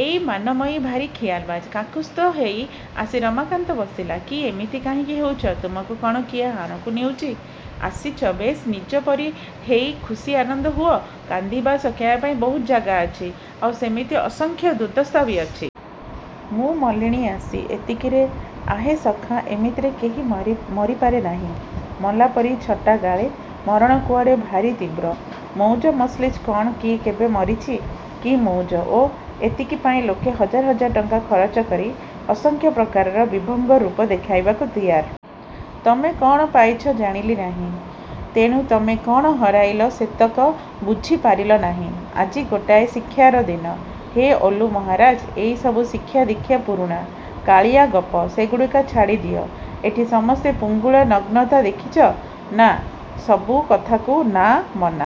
ଏଇ ମାନମୟୀ ଭାରି ଖିଆଲବାଜ୍। କାକୁସ୍ଥ ହେଇ ଆସି ରମାକାନ୍ତ ବସିଲା। -କି, ଏମିତି କାହିଁକି ହଉଛ? ତୁମକୁ କ'ଣ କିଏ ହାଣକୁ ନେଉଛି? ଆସିଛ-ବେଶ୍ ନିଜ ପରି ହେଇ ଖୁସି ଆନନ୍ଦ ହୁଅ। କାନ୍ଦିବା ସକେଇବା ପାଇଁ ବହୁତ ଜାଗା ଅଛି। ଆଉ ସେମିତି ଅସଂଖ୍ୟ ଦୁର୍ଦ୍ଦଶା ବି ଅଛି। -ମୁଁ ମଲିଣି ଆସି। -ଏତିକିରେ? ଆହେ ସଖା, ଏମିତିରେ କେହି ମରିପାରେ ନାହିଁ। ମଲା ପରି ଛଟା ଗାଳେ। ମରଣ କୁଆଡ଼େ ଭାରି ତୀବ୍ର। ମଉଜ ମଜ୍ଲିସରେ କ'ଣ କିଏ କେବେ ମରିଛି? -କି ମଉଜ? -ଓ? ଏତିକି ପାଇଁ ଲୋକେ ହଜାର ହଜାର ଟଙ୍କା ଖରଚ କରି ଅସଂଖ୍ୟ ପ୍ରକାରର ବିଭଙ୍ଗ ରୂପ ଦେଖାଇବାକୁ ତିଆର। ତମେ କ'ଣ ପାଇଛ ଜାଣିଲି ନାହିଁ। ତେଣୁ ତମେ କ'ଣ ହରାଇଲ-ସେତକ ବୁଝି ପାରିଲ ନାହିଁ। -ଆଜି ଗୋଟାଏ ଶିକ୍ଷାର ଦିନ। -ହେ, ଓଲୁ ମହାରାଜ, ଏଇସବୁ ଶିକ୍ଷାଦୀକ୍ଷା ପୁରୁଣା-କାଳିଆ ଗପ। ସେଗୁଡ଼ାକ ଛାଡ଼ିଦିଅ। ଏଠି ସମସ୍ତେ ଫୁଙ୍ଗୁଳା-ନଗ୍ନତା ଦେଖିଛ? -ନା। -ସବୁ କଥାକୁ ନା-ମନା।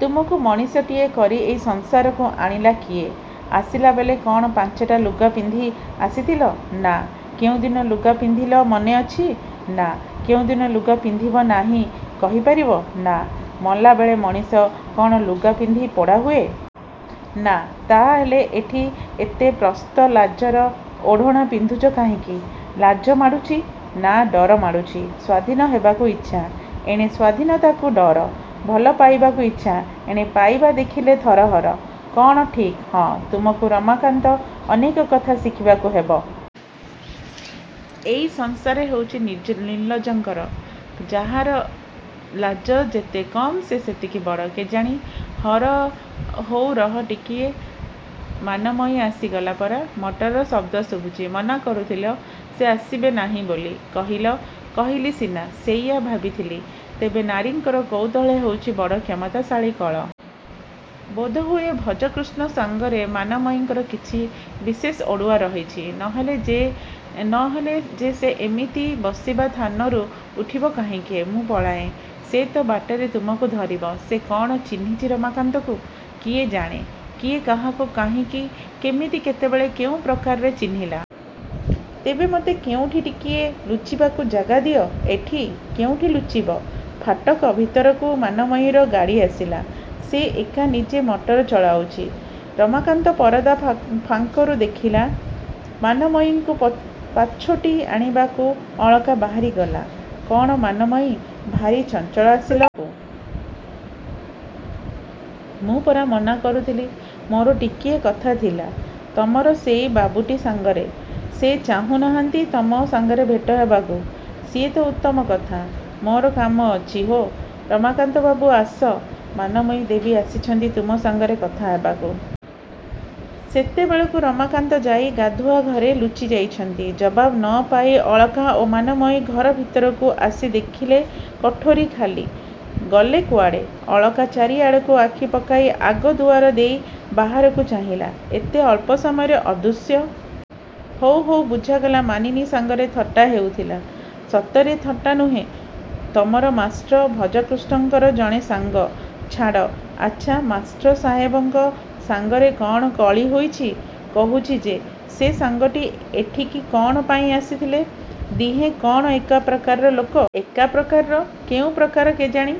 ତୁମକୁ ମଣିଷଟିଏ କରି ଏଇ ସଂସାରକୁ ଆଣିଲା କିଏ? ଆସିଲା ବେଳେ କ'ଣ ପାଞ୍ଚଟା ଲୁଗା ପିନ୍ଧି ଆସିଥିଲ? -ନା। -କେଉଁଦିନ ଲୁଗା ପିନ୍ଧିଲ ମନେ ଅଛି? -ନା। -କେଉଁଦିନ ଲୁଗା ପିନ୍ଧିବ ନାହିଁ କହି ପାରିବ? -ନା। -ମଲାବେଳେ ମଣିଷ କ'ଣ ଲୁଗା ପିନ୍ଧି ପୋଡ଼ା ହୁଏ। -ନା। -ତାହାହେଲେ ଏଠି ଏତେ ପ୍ରସ୍ତ ଲାଜର ଓଢ଼ଣା ପିନ୍ଧୁଛ କାହିଁକି? -ଲାଜ ମାଡ଼ୁଛି। -ନା, ଡର ମାଡ଼ୁଛି? ସ୍ୱାଧୀନ ହେବାକୁ ଇଚ୍ଛା। ଏଣେ ସ୍ୱାଧୀନତାକୁ ଡର। ଭଲ ପାଇବାକୁ ଇଚ୍ଛା-ଏଣେ ପାଇବା ଦେଖିଲେ ଥରହର। -କ'ଣ ଠିକ୍? -ହଁ। -ତୁମକୁ ରମାକାନ୍ତ, ଅନେକ କଥା ଶିଖିବାକୁ ହେବ। ଏଇ ସଂସାର ହେଉଛି ନିର୍ଲଜଙ୍କର। ଯାହାର ଲାଜ ଯେତେ କମ୍, ସେ ସେତିକି ବଡ଼। -କେଜାଣି। -ହଉ ରହ ଟିକିଏ। ମାନମୟୀ ଆସିଗଲା ପରା। ମଟରର ଶବ୍ଦ ଶୁଭୁଛି। -ମନା କରୁଥିଲ। ସେ ଆସିବେ ନାହିଁ ବୋଲି କହିଲ। -କହିଲି ସିନା। ସେଇଆ ଭାବିଥିଲି। ତେବେ ନାରୀଙ୍କର କୌତୂହଳ ହେଉଛି ବଡ଼ କ୍ଷମତାଶାଳୀ କଳ। ବୋଧହୁଏ ଭଜକୃଷ୍ଣ ସାଙ୍ଗରେ ମାନମୟୀର କିଛି ବିଶେଷ ଅଡ଼ୁଆ ରହିଛି-। ନ ହେଲେ ସେ ଏମିତି ବସିବା ଥାନରୁ ଉଠିବ କାହିଁକି? -ମୁଁ ପଳାଏଁ। -ସେ ତ ବାଟରେ ତୁମକୁ ଧରିବ। -ସେ କ'ଣ ଚିହ୍ନିଛି ରମାକାନ୍ତକୁ? -କିଏ ଜାଣେଁ? କିଏ କାହାକୁ କାହିଁକି କେମିତି କେତେବେଳେ କେଉଁ ପ୍ରକାରରେ ଚିହ୍ନିଲା? -ତେବେ ମତେ କେଉଁଠି ଟିକିଏ ଲୁଚିବାକୁ ଜାଗା ଦିଅ। -ଏଠି? କେଉଁଠି ଲୁଚିବ? -ଫାଟକ ଭିତରକୁ ମାନମୟୀର ଗାଡ଼ି ଆସିଲା-ସେ ଏକା-ନିଜେ ମଟର ଚଳାଉଛି। ରମାକାନ୍ତ ପରଦା ଫାଙ୍କରୁ ଦେଖିଲା। ମାନମୟୀକୁ ପାଛୋଟି ଆଣିବାକୁ ଅଳକା ବାହାରି ଗଲା। -କ'ଣ ମାନମୟୀ? ଭାରି ଚଞ୍ଚଳ ଆସିଲ? ମୁଁ ପରା ମନା କରୁଥିଲି। -ମୋର ଟିକିଏ କଥାଥିଲା। ତମର ସେଇ ବାବୁଟି' ସାଙ୍ଗରେ। -ସେ ଚାହୁଁ ନାହାନ୍ତି ତମ ସାଙ୍ଗରେ ଭେଟ ହେବାକୁ। -ସିଏ ତ ଉତ୍ତମ କଥା। ମୋର କାମ ଅଛି। -ହୋ, ରମାକାନ୍ତବାବୁ, ଆସ। ମାନମୟୀ ଦେବୀ ଆସିଛନ୍ତି ତୁମ ସାଙ୍ଗରେ କଥା ହେବାକୁ। ସେତେବେଳକୁ ରମାକାନ୍ତ ଯାଇ ଗାଧୁଆଘରେ ଲୁଚି ଯାଇଛନ୍ତି। ଜବାବ ନ ପାଇ ଅଳକା ଓ ମାନମୟୀ ଘର ଭିତକୁ ଆସି ଦେଖିଲେ କୋଠରୀ ଖାଲି। -ଗଲେ କୁଆଡ଼େ? -ଅଳକା ଚାରିଆଡ଼କୁ ଆଖି ପକାଇ ଆଗ ଦୁଆର ଦେଇ ବାହାରକୁ ଚାହିଁଲା। ଏତେ ଅଳ୍ପ ସମୟରେ ଅଦୃଶ୍ୟ। -ହଉ, ହଉ ବୁଝାଗଲା। ମାନିନୀ ସାଙ୍ଗରେ ଥଟ୍ଟା ହେଉଥିଲା। -ସତରେ। ଥଟ୍ଟା ନୁହେଁ। ତମର ମାଷ୍ଟ୍ର ଭଜକୃଷ୍ଣଙ୍କର ଜଣେ ସାଙ୍ଗ। -ଛାଡ଼। -ଆଚ୍ଛା, ମାଷ୍ଟର ସାହେବଙ୍କ ସାଙ୍ଗରେ କ'ଣ କଳି ହୋଇଛି? -କହୁଛି ଯେ। ସେ ସାଙ୍ଗଟି ଏଠିକି କ'ଣ ପାଇଁ ଆସିଥିଲେ? ଦିହେଁ କ'ଣ ଏକା ପ୍ରକାରର ଲୋକ? -ଏକା ପ୍ରକାରର? କେଉଁ ପ୍ରକାର କେଜାଣି?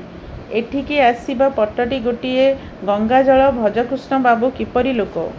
ଏଠିକି ଆସିବା ପଟଟି ଗୋଟିଏ-ଗଙ୍ଗାଜଳ। ଭଜକୃଷ୍ଣବାବୁ କିପରି ଲୋକ?